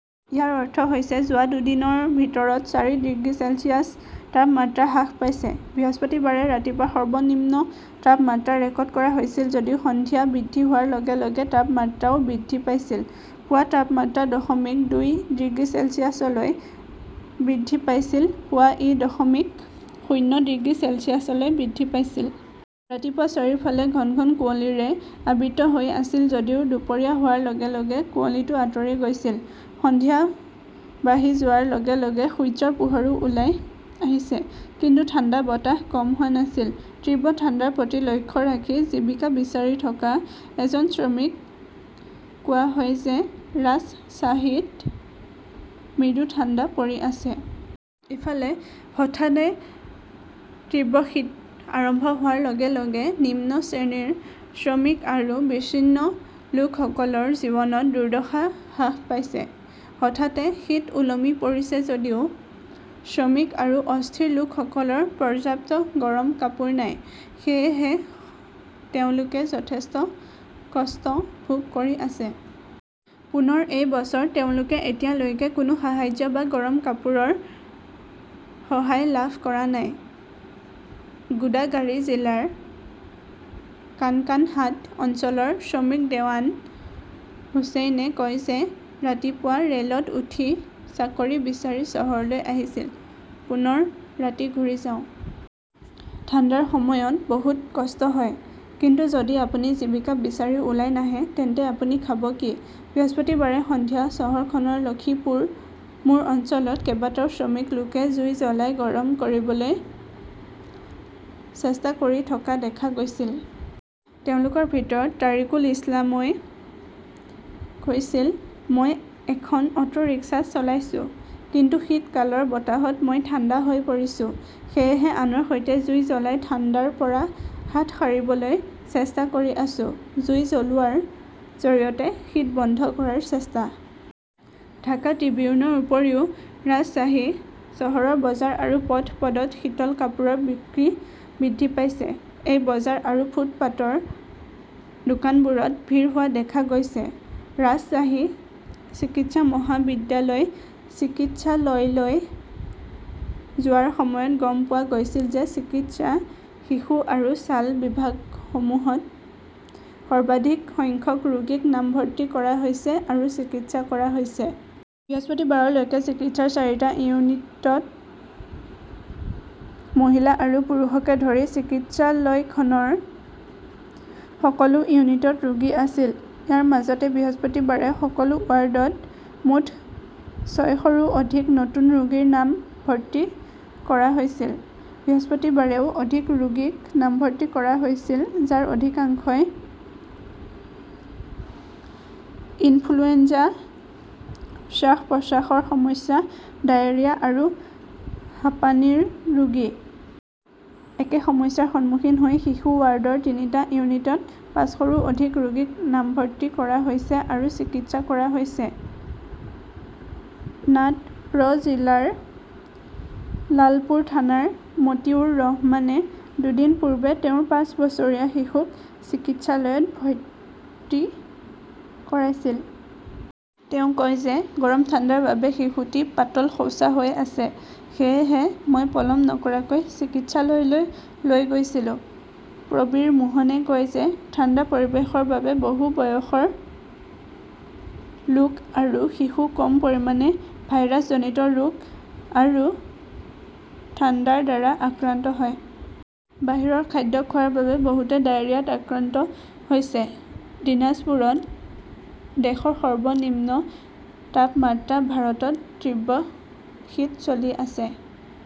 ইয়াৰ অৰ্থ হৈছে যোৱা দুদিনৰ ভিতৰত চাৰি ডিগ্ৰী চেলছিয়াছ তাপমাত্ৰা হ্ৰাস পাইছে। বৃহস্পতিবাৰে ৰাতিপুৱা সৰ্বনিম্ন তাপমাত্ৰা ৰেকৰ্ড কৰা হৈছিল যদিও সন্ধিয়া বৃদ্ধি হোৱাৰ লগে লগে তাপমাত্ৰাও বৃদ্ধি পাইছিল। পুৱা তাপমাত্ৰা দশমিক দুই ডিগ্ৰী চেলছিয়াছলৈ বৃদ্ধি পাইছিল, পুৱা ই দশমিক শূন্য ডিগ্ৰী চেলছিয়াছলৈ বৃদ্ধি পাইছিল। ৰাতিপুৱা চাৰিওফালে ঘন ঘন কুঁৱলীৰে আবৃত হৈ আছিল যদিও দুপৰীয়া হোৱাৰ লগে লগে কুঁৱলীটো আঁতৰি গৈছিল। সন্ধিয়া বাঢ়ি যোৱাৰ লগে লগে সূৰ্যৰ পোহৰো ওলাই আহিছে। কিন্তু ঠাণ্ডা বতাহ কম হোৱা নাছিল। তীব্ৰ ঠাণ্ডাৰ প্ৰতি লক্ষ্য ৰাখি জীৱিকা বিচাৰি থকা এজন শ্ৰমিক কোৱা হয় যে ৰাজশ্বাহীত মৃদু ঠাণ্ডা পৰি আছে। ইফালে, হঠাতে তীব্ৰ শীত আৰম্ভ হোৱাৰ লগে লগে নিম্ন শ্ৰেণীৰ শ্ৰমিক আৰু বিচ্ছিন্ন লোকসকলৰ জীৱনত দুৰ্দশা হ্ৰাস পাইছে। হঠাতে শীত ওলমি পৰিছে যদিও শ্ৰমিক আৰু অস্থিৰ লোকসকলৰ পৰ্যাপ্ত গৰম কাপোৰ নাই। সেয়েহে তেওঁলোকে যথেষ্ট কষ্ট ভোগ কৰি আছে। পুনৰ এই বছৰ তেওঁলোকে এতিয়ালৈকে কোনো সাহাৰ্য বা গৰম কাপোৰৰ সহায় লাভ কৰা নাই। গোদাগাৰী জিলাৰ কানকানহাট অঞ্চলৰ শ্ৰমিক দেৱান হুচেইনে কয় যে, ৰাতিপুৱা ৰে'লত উঠি চাকৰি বিচাৰি চহৰলৈ আহিছিল। পুনৰ ৰাতি ঘূৰি যাওঁ। ঠাণ্ডাৰ সময়ত বহুত কষ্ট হয়। কিন্তু যদি আপুনি জীৱিকা বিচাৰি ওলাই নাহে তেন্তে আপুনি খাব কি? বৃহস্পতিবাৰে সন্ধিয়া চহৰখনৰ লক্ষিপুৰ মোৰ অঞ্চলত কেইবাটাও শ্ৰমিক লোকে জুই জ্বলাই গৰম কৰিবলৈ চেষ্টা কৰি থকা দেখা গৈছিল। তেওঁলোকৰ ভিতৰত তাৰিকুল ইছলামই কৈছিল, মই এখন অটৰিক্সা চলাইছোঁ। কিন্তু শীতকালৰ বতাহত মই ঠাণ্ডা হৈ পৰিছোঁ। সেয়েহে আনৰ সৈতে জুই জ্বলাই ঠাণ্ডাৰ পৰা হাত সাৰিবলৈ চেষ্টা কৰি আছোঁ। জুই জ্বলোৱাৰ জৰিয়তে শীত বন্ধ কৰাৰ চেষ্টা। ঢাকা ট্ৰিবিউনৰ উপৰিও ৰাজশ্বাহী চহৰৰ বজাৰ আৰু পদপথত শীতল কাপোৰৰ বিক্ৰী বৃদ্ধি পাইছে। এই বজাৰ আৰু ফুটপাতৰ দোকানবোৰত ভিৰ হোৱা দেখা গৈছে। ৰাজশ্বাহী চিকিৎসা মহাবিদ্যালয় চিকিৎসালয়লৈ যোৱাৰ সময়ত গম পোৱা গৈছিল যে চিকিৎসা, শিশু আৰু ছাল বিভাগসমূহত সৰ্বাধিক সংখ্যক ৰোগীক নামভৰ্তি কৰা হৈছে আৰু চিকিৎসা কৰা হৈছে। বৃহস্পতিবাৰলৈকে চিকিৎসাৰ চাৰিটা ইউনিটত মহিলা আৰু পুৰুষকে ধৰি চিকিৎসালয়খনৰ সকলো ইউনিটত ৰোগী আছিল। ইয়াৰ মাজতে বৃহস্পতিবাৰে সকলো ৱাৰ্ডত মুঠ ছয়শৰো অধিক নতুন ৰোগীৰ নামভৰ্তি কৰা হৈছিল। বৃহস্পতিবাৰেও অধিক ৰোগীক নামভৰ্তি কৰা হৈছিল, যাৰ অধিকাংশই ইনফ্লুৱেঞ্জা, শ্বাস-প্ৰশ্বাসৰ সমস্যা, ডায়েৰিয়া আৰু হাঁপানিৰ ৰোগী। একে সমস্যাৰ সন্মুখীন হৈ শিশু ৱাৰ্ডৰ তিনিটা ইউনিটত পাঁচশৰো অধিক ৰোগীক নামভৰ্তি কৰা হৈছে আৰু চিকিৎসা কৰা হৈছে। নাট 'ৰ জিলাৰ লালপুৰ থানাৰ মতিউৰ ৰহমানে দুদিন পূৰ্বে তেওঁৰ পাঁচ বছৰীয়া শিশুক চিকিৎসালয়ত ভৰ্তি কৰাইছিল। তেওঁ কয় যে, গৰম ঠাণ্ডাৰ বাবে শিশুটি পাতল শৌচা হৈ আছে। সেয়েহে মই পলম নকৰাকৈ চিকিৎসালয়লৈ লৈ গৈছিলোঁ। প্ৰবীৰ মোহনে কয় যে, ঠাণ্ডা পৰিৱেশৰ বাবে বহু বয়সৰ লোক আৰু শিশু কম পৰিমাণে ভাইৰাছজনিত ৰোগ আৰু ঠাণ্ডাৰ দ্বাৰা আক্ৰান্ত হয়। বাহিৰৰ খাদ্য খোৱাৰ বাবে বহুতে ডায়েৰিয়াত আক্ৰান্ত হৈছে। দিনাজপুৰত দেশৰ সৰ্বনিম্ন তাপমাত্ৰা ভাৰতত তীব্ৰ শীত চলি আছে।